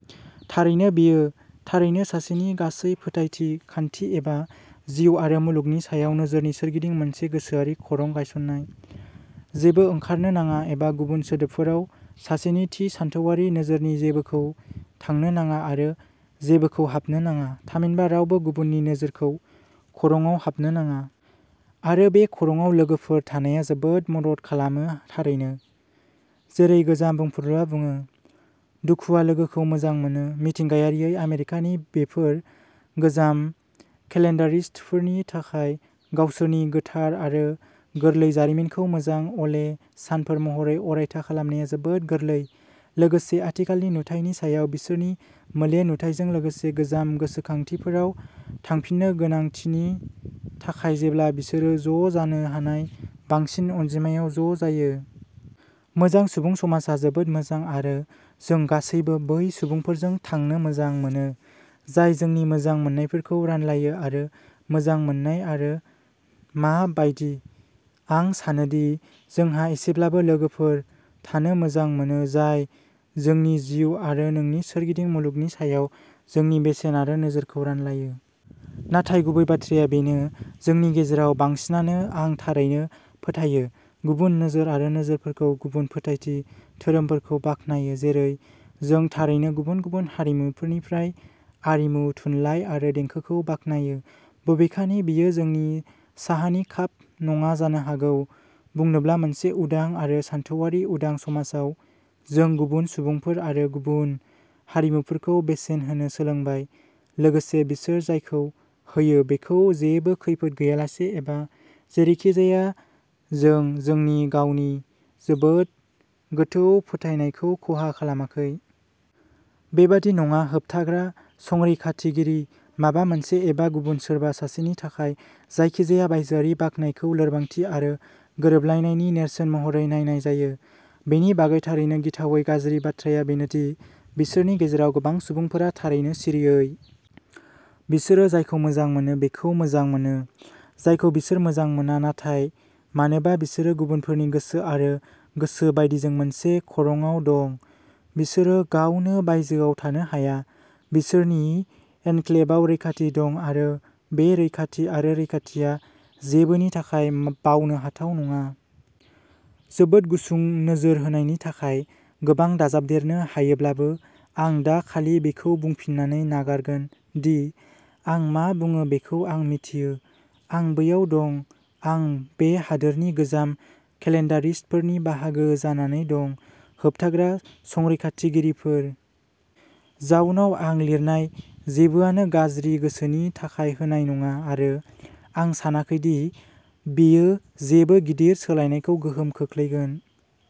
थारैनो, बेयो थारैनो सासेनि गासै फोथायथि खान्थि एबा जिउ आरो मुलुगनि सायाव नोजोरनि सोरगिदिं मोनसे गोसोआरि खरं गायसन्नाय। जेबो ओंखारनो नाङा एबा गुबुन सोदोबफोराव सासेनि थि सानथौआरि नोजोरनि जेबोखौ थांनो नाङा आरो जेबोखौ हाबनो नाङा थामहिनबा रावबो गुबुननि नोजोरखौ खरंआव हाबनो नाङा। आरो बे खरंआव लोगोफोर थानाया जोबोद मदद खालामो थारैनो। जेरै गोजाम बुंफुरलुआ बुङो "दुखुआ लोगोखौ मोजां मोनो।" मिथिंगायारियै आमेरिकानि बेफोर "गोजाम केलेन्डारिस्ट" फोरनि थाखाय गावसोरनि गोथार आरो गोरलै जारिमिनखौ मोजां अले सानफोर महरै अरायथा खालामनाया जोबोद गोरलै लोगोसे आथिखालनि नुथायनि सायाव बिसोरनि मोले नुथायजों लोगोसे गोजाम गोसोखांथिफोराव थांफिननो गोनांथिनि थाखाय जेब्ला बिसोरो ज' जानो हानाय बांसिन अनजिमायाव ज' जायो। मोजां सुबुं समाजआ जोबोद मोजां आरो जों गासैबो बै सुबुंफोरजों थानो मोजां मोनो जाय जोंनि मोजां मोननायफोरखौ रानलायो आरो मोजां मोन्नाय आरो मा बायदि। आं सानो दि जोंहा एसेब्लाबो लोगोफोर थानो मोजां मोनो जाय जोंनि जिउ आरो जोंनि सोरगिदिं मुलुगनि सायाव जोंनि बेसेन आरो नोजोरखौ रानलायो। नाथाय गुबै बाथ्राया बेनो जोंनि गेजेराव बांसिनानो आं थारैनो फोथायो गुबुन नोजोर आरो नोजोरफोरखौबो गुबुन फोथायथि धोरोमफोरखौबो बाखनायो जेरै जों थारैनो गुबुन गुबुन हारिमुफोरनिफ्राय आरिमु, थुनलाइ आरो देंखोखौ बाखनायो बबेखानि बेयो जोंनि "साहानि काप" नङा जानो हागौ बुंनोब्ला मोनसे उदां आरो सानथौआरि उदां समाजाव जों गुबुन सुबुंफोर आरो गुबुन हारिमुफोरखौ बेसेन होनो सोलोंबाय लोगोसे बिसोर जायखौ होयो बेखौ जेबो खैफोद गैयालासे एबा जेरैखिजाया जों जोंनि गावनि जोबोद गोथौ फोथायनायखौ खहा खालामाखै। बेबादि नङा होबथाग्रा-संरैखाथिगिरि। माबा मोनसे एबा गुबुन सोरबा सासेनि थाखाय जायखिजाया बायजोआरि बाख्नायनायखौ लोरबांथि आरो गोरोबलायनायनि नेरसोन महरै नायनाय जायो। बेनि बागै थारैनो गिथावै गाज्रि बाथ्राया बेनो दि बिसोरनि गेजेराव गोबां सुबुंफोरा थारैनो सिरियै। बिसोर जायखौ मोजां मोना बेखौ मोजां मोनो जायखौ बिसोर मोजां मोना। नाथाय मानोना बिसोर गुबुनफोरनि गोसो आरो गोसो बायदिजों मोनसे खरंआव दं बिसोरो गावनो "बायजोआव" थानो हाया। बिसोरनि एनक्लेभआव रैखाथि दं आरो बे रैखाथि आरो रैखाथिआ जेबोनि थाखाय बावनो हाथाव नङा। जोबोद गुसुं नोजोर होनायनि थाखाय! गोबां दाजाबदेरनो हायोब्लाबो आं दा खालि बेखौ बुंफिननानै नागारगोन दि आं मा बुङो बेखौ आं मिथियो। आं बैयाव दं आं बे हादोरनि "गोजाम केलेन्डारिस्ट" फोरनि बाहागो जानानै दं होबथाग्रा-संरैखाथिगिरिफोर। जाउनाव, आं लिरनाय जेबोआनो गाज्रि गोसोनि थाखाय होनाय नङा आरो आं सानाखै दि बेयो जेबो गिदिर सोलायनायखौ गोहोम खोख्लैगोन।